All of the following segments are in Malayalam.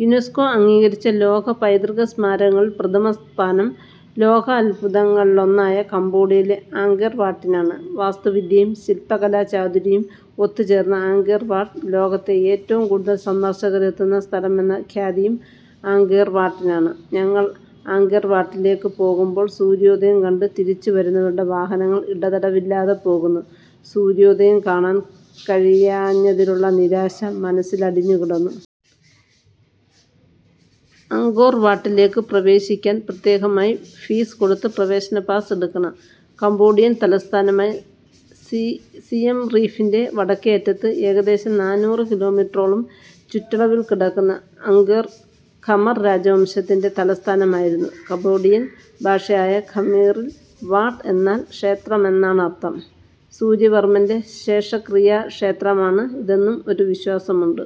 യുനെസ്കോ അംഗീകരിച്ച ലോക പൈതൃകസ്മാരകങ്ങളിൽ പ്രഥമസ്ഥാനം ലോകാദ്ഭുതങ്ങളിലൊന്നായ കംബോഡിയയിലെ അങ്കേർ വാട്ടിനാണ്. വാസ്തുവിദ്യയും ശില്പകലാചാതുരിയും ഒത്തുചേർന്ന അങ്കേർ വാട്ട്. ലോകത്തെ ഏറ്റവും കൂടുതൽ സന്ദർശകരെത്തുന്ന സ്ഥലമെന്ന ഖ്യാതിയും അങ്കേർ വാട്ടിനാണ്. ഞങ്ങൾ അങ്കേർ വാട്ടിലേക്കു പോകുമ്പോൾ സൂര്യോദയം കണ്ട് തിരിച്ചുവരുന്നവരുടെ വാഹനങ്ങൾ ഇടതടവില്ലാതെ പോകുന്നു. സൂര്യോദയം കാണാൻ കഴിയാഞ്ഞതിലുള്ള നിരാശ മനസ്സിലടിഞ്ഞുകിടന്നു. അങ്കൊർ വാട്ടിലേക്ക് പ്രവേശിക്കാൻ പ്രത്യേകമായി ഫീസ് കൊടുത്ത് പ്രവേശന പാസ് എടുക്കണം. കംബോഡിയൻ തലസ്ഥാനമായ സി സിയെംറീഫിന്റെ വടക്കേയറ്റത്ത് ഏകദേശം നാനൂറ് കിലോമീറ്ററോളം ചുറ്റളവിൽക്കിടക്കുന്ന അങ്കൊർ, ഖമർ രാജവംശത്തിന്‍റെ തലസ്ഥാനമായിരുന്നു. കംബോഡിയൻ ഭാഷയായ ഖമീറിൽ ' വാട്ട് ' എന്നാൽ ക്ഷേത്രമെന്നാണർഥം. സൂര്യവർമന്റെ ശേഷക്രിയാക്ഷേത്രമാണ് ഇതെന്നും ഒരു വിശ്വാസമുണ്ട്.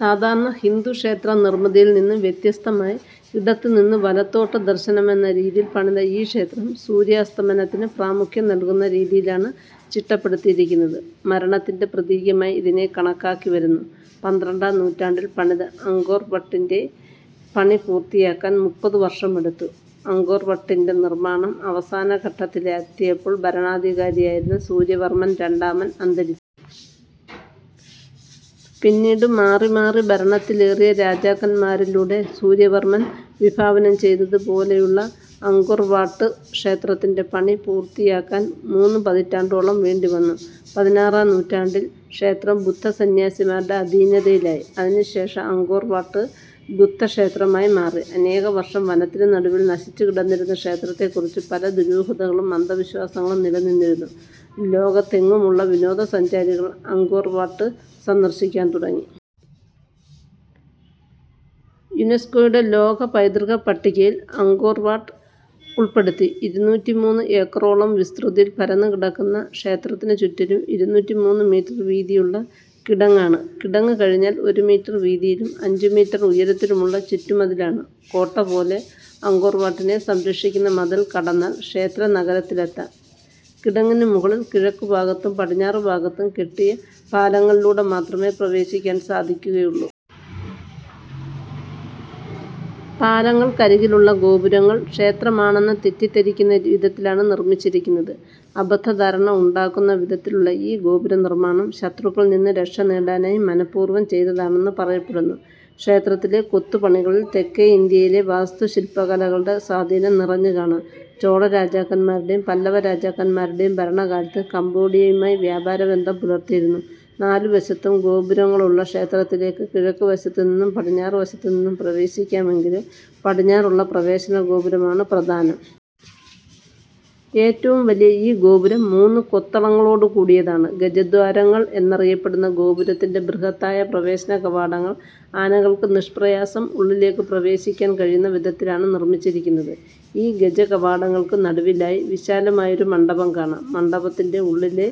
സാധാരണ ഹിന്ദുക്ഷേത്രനിർമിതിയിൽനിന്ന് വ്യത്യസ്തമായി ഇടത്തുനിന്ന് വലത്തോട്ട് ദർശനമെന്ന രീതിയിൽ പണിത ഈ ക്ഷേത്രം സൂര്യാസ്തമനത്തിന് പ്രാമുഖ്യം നൽകുന്ന രീതിയിലാണ് ചിട്ടപ്പെടുത്തിയിരിക്കുന്നത്. മരണത്തിന്‍റെ പ്രതീകമായി ഇതിനെ കണക്കാക്കിവരുന്നു. പന്ത്രണ്ടാം നൂറ്റാണ്ടിൽ പണിത അങ്കൊർ വട്ടിന്‍റെ പണി പൂർത്തിയാക്കാൻ മുപ്പത് വർഷമെടുത്തു. അങ്കൊർ വട്ടിന്‍റെ നിർമാണം അവസാനഘട്ടത്തിലെത്തിയപ്പോൾ ഭരണാധികാരിയായിരുന്ന സൂര്യവർമൻ രണ്ടാമൻ അന്തരി പിന്നീട് മാറിമാറി ഭരണത്തിലേറിയ രാജാക്കന്മാരിലൂടെ, സൂര്യവർമൻ വിഭാവനംചെയ്തതുപോലെയുള്ള അങ്കൊർ വാട്ട് ക്ഷേത്രത്തിന്റെ പണി പൂർത്തിയാക്കാൻ മൂന്നുപതിറ്റാണ്ടോളം വേണ്ടിവന്നു. പതിനാറാം നൂറ്റാണ്ടിൽ ക്ഷേത്രം ബുദ്ധസന്ന്യാസിമാരുടെ അധീനതയിലായി. അതിനുശേഷം അങ്കൊർ വാട്ട് ബുദ്ധക്ഷേത്രമായി മാറി. അനേകവർഷം വനത്തിനു നടുവിൽ നശിച്ചുകിടന്നിരുന്ന ക്ഷേത്രത്തെക്കുറിച്ച് പല ദുരൂഹതകളും അന്ധവിശ്വാസങ്ങളും നിലനിന്നിരുന്നു. ലോകത്തെങ്ങുമുള്ള വിനോദസഞ്ചാരികൾ അങ്കൊർ വാട്ട് സന്ദർശിക്കാൻ തുടങ്ങി. യുനെസ്കോയുടെ ലോക പൈതൃകപ്പട്ടികയിൽ അങ്കൊർവാട്ട് ഉൾപ്പെടുത്തി. ഇരുന്നൂറ്റിമൂന്ന് ഏക്കറോളം വിസ്തൃതിയിൽ പരന്നുകിടക്കുന്ന ക്ഷേത്രത്തിനുചുറ്റിലും ഇരുന്നൂറ്റിമൂന്ന് മീറ്റർ വീതിയുള്ള കിടങ്ങാണ്. കിടങ്ങ് കഴിഞ്ഞാൽ ഒരു മീറ്റർ വീതിയിലും അഞ്ചുമീറ്റർ ഉയരത്തിലുമുള്ള ചുറ്റുമതിലാണ്. കോട്ടപോലെ, അങ്കൊർവാട്ടിനെ സംരക്ഷിക്കുന്ന മതിൽ കടന്നാൽ ക്ഷേത്രനഗരത്തിലെത്താം. കിടങ്ങിനു മുകളിൽ കിഴക്കുഭാഗത്തും പടിഞ്ഞാറുഭാഗത്തും കെട്ടിയ പാലങ്ങളിലൂടെ മാത്രമേ പ്രവേശിക്കാൻ സാധിക്കുകയുള്ളൂ. പാലങ്ങൾക്കരികിലുള്ള ഗോപുരങ്ങൾ ക്ഷേത്രമാണെന്ന് തെറ്റിദ്ധരിക്കുന്ന രീ വിധത്തിലാണ് നിർമിച്ചിരിക്കുന്നത്. അബദ്ധധാരണ ഉണ്ടാക്കുന്ന വിധത്തിലുള്ള ഈ ഗോപുരനിർമാണം ശത്രുക്കളിൽനിന്ന് രക്ഷനേടാനായി മനഃപൂർവം ചെയ്തതാണെന്ന് പറയപ്പെടുന്നു. ക്ഷേത്രത്തിലെ കൊത്തുപണികളിൽ തെക്കെ ഇന്ത്യയിലെ വാസ്തുശില്പകലകളുടെ സ്വാധീനം നിറഞ്ഞുകാണാം. ചോളരാജാക്കന്മാരുടെയും പല്ലവരാജാക്കന്മാരുടെയും ഭരണകാലത്ത് കംബോഡിയയുമായി വ്യാപാരബന്ധം പുലർത്തിയിരുന്നു. നാലുവശത്തും ഗോപുരങ്ങളുള്ള ക്ഷേത്രത്തിലേക്ക് കിഴക്കുവശത്തുനിന്നും പടിഞ്ഞാറുവശത്തുനിന്നും പ്രവേശിക്കാമെങ്കിലും പടിഞ്ഞാറുള്ള പ്രവേശനഗോപുരമാണ് പ്രധാനം. ഏറ്റവും വലിയ ഈ ഗോപുരം മൂന്നു കൊത്തളങ്ങളോടുകൂടിയതാണ്. ഗജദ്വാരങ്ങൾ എന്നറിയപ്പെടുന്ന ഗോപുരത്തിന്റെ ബൃഹത്തായ പ്രവേശനകവാടങ്ങൾ ആനകൾക്ക് നിഷ്പ്രയാസം ഉള്ളിലേക്കു പ്രവേശിക്കാൻ കഴിയുന്ന വിധത്തിലാണ് നിർമിച്ചിരിക്കുന്നത്. ഈ ഗജകവാടങ്ങൾക്കു നടുവിലായി വിശാലമായൊരു മണ്ഡപം കാണാം. മണ്ഡപത്തിന്‍റെ ഉള്ളിലെ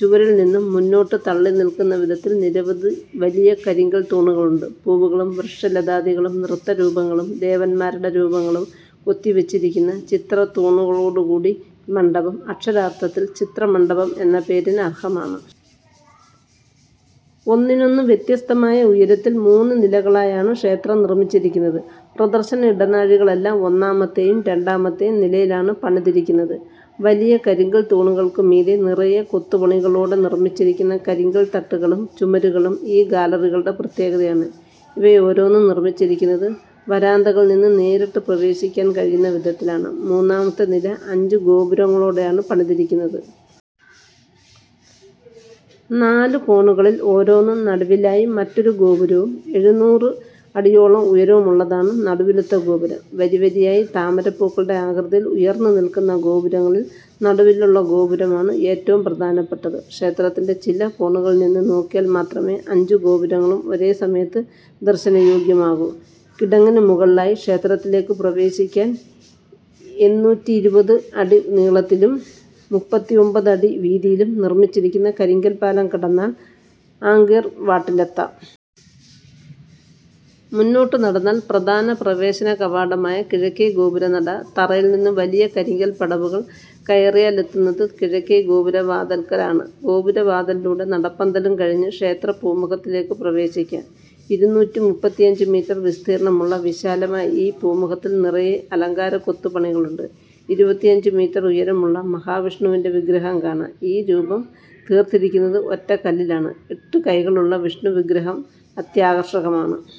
ചുവരിൽനിന്ന് മുന്നോട്ടു തള്ളിനിൽക്കുന്നവിധത്തിൽ നിരവധി വലിയ കരിങ്കൽത്തൂണുകളുണ്ട്. പൂവുകളും വൃക്ഷലതാദികളും നൃത്തരൂപങ്ങളും ദേവന്മാരുടെ രൂപങ്ങളും കൊത്തിവെച്ചിരിക്കുന്ന, ചിത്രത്തൂണുകളോടുകൂടി ഈ മണ്ഡപം അക്ഷരാർഥത്തിൽ ചിത്രമണ്ഡപം എന്ന പേരിന് അർഹമാണ്. ഒന്നിനൊന്ന് വ്യത്യസ്തമായ ഉയരത്തിൽ മൂന്നുനിലകളായാണ് ക്ഷേത്രം നിർമിച്ചിരിക്കുന്നത്. പ്രദർശന ഇടനാഴികളെല്ലാം ഒന്നാമത്തെയും രണ്ടാമത്തെയും നിലയിലായാണ് പണിതിരിക്കുന്നത്. വലിയ കരിങ്കൽത്തൂണുകൾക്കു മീതെ നിറയെ കൊത്തുപണികളോടെ നിർമിച്ചിരിക്കുന്ന കരിങ്കൽത്തട്ടുകളും ചുമരുകളും ഈ ഗാലറികളുടെ പ്രത്യേകതയാണ്. ഇവയോരോന്നും നിർമിച്ചിരിക്കുന്നത്, വരാന്തകളിൽനിന്ന് നേരിട്ട് പ്രവേശിക്കാൻ കഴിയുന്ന വിധത്തിലാണ്. മൂന്നാമത്തെ നില അഞ്ചുഗോപുരങ്ങളോടെയാണ് പണിതിരിക്കുന്നത്. നാലു കോണുകളിൽ ഓരോന്നും നടുവിലായി മറ്റൊരു ഗോപുരവും. എഴുനൂറ് അടിയോളം ഉയരമുള്ളതാണ് നടുവിലത്തെ ഗോപുരം. വരിവരിയായി താമരപ്പൂക്കളുടെ ആകൃതിയിൽ ഉയർന്നുനിൽക്കുന്ന ഗോപുരങ്ങളിൽ നടുവിലുള്ള ഗോപുരമാണ് ഏറ്റവും പ്രധാനപ്പെട്ടത്. ക്ഷേത്രത്തിന്‍റെ ചില കോണുകളിൽനിന്ന് നോക്കിയാൽ മാത്രമേ അഞ്ചു ഗോപുരങ്ങളും ഒരേസമയത്ത് ദർശനയോഗ്യമാകൂ. കിടങ്ങിനുമുകളിലായി ക്ഷേത്രത്തിലേക്ക് പ്രവേശിക്കാൻ എന്നൂറ്റിയിരുപത് അടി നീളത്തിലും മൂപ്പത്തിഒമ്പത് അടി വീതിയിലും നിർമിച്ചിരിക്കുന്ന കരിങ്കൽപ്പാലം കടന്നാൽ അങ്കൊർ വാട്ടിലെത്താം. മുന്നോട്ടു നടന്നാൽ പ്രധാന പ്രവേശനകവാടമായ കിഴക്കേ ഗോപുരനട. തറയിൽനിന്ന് വലിയ കരിങ്കൽപ്പടവുകൾ കയറിയാലെത്തുന്നത് കിഴക്കേ ഗോപുരവാതൽക്കലാണ്. ഗോപുരവാതിലിലൂടെ നടപ്പന്തലും കഴിഞ്ഞ് ക്ഷേത്രപൂമുഖത്തിലേക്ക് പ്രവേശിക്കാം. ഇരുന്നൂറ്റിമൂപ്പത്തിയഞ്ച് മീറ്റർ വിസ്തീർണമുള്ള വിശാലമായ ഈ പുമുഖത്തിൽ നിറയെ അലങ്കാരക്കൊത്തുപണികളുണ്ട്. ഇരുപത്തിയഞ്ച് മീറ്റർ ഉയരമുള്ള, മഹാവിഷ്ണുവിന്‍റെ വിഗ്രഹം കാണാം. ഈ രൂപം തീർത്തിരിക്കുന്നത് ഒറ്റക്കല്ലിലാണ്. എട്ടു കൈകളുള്ള വിഷ്ണുവിഗ്രഹം അത്യാകർഷകമാണ്.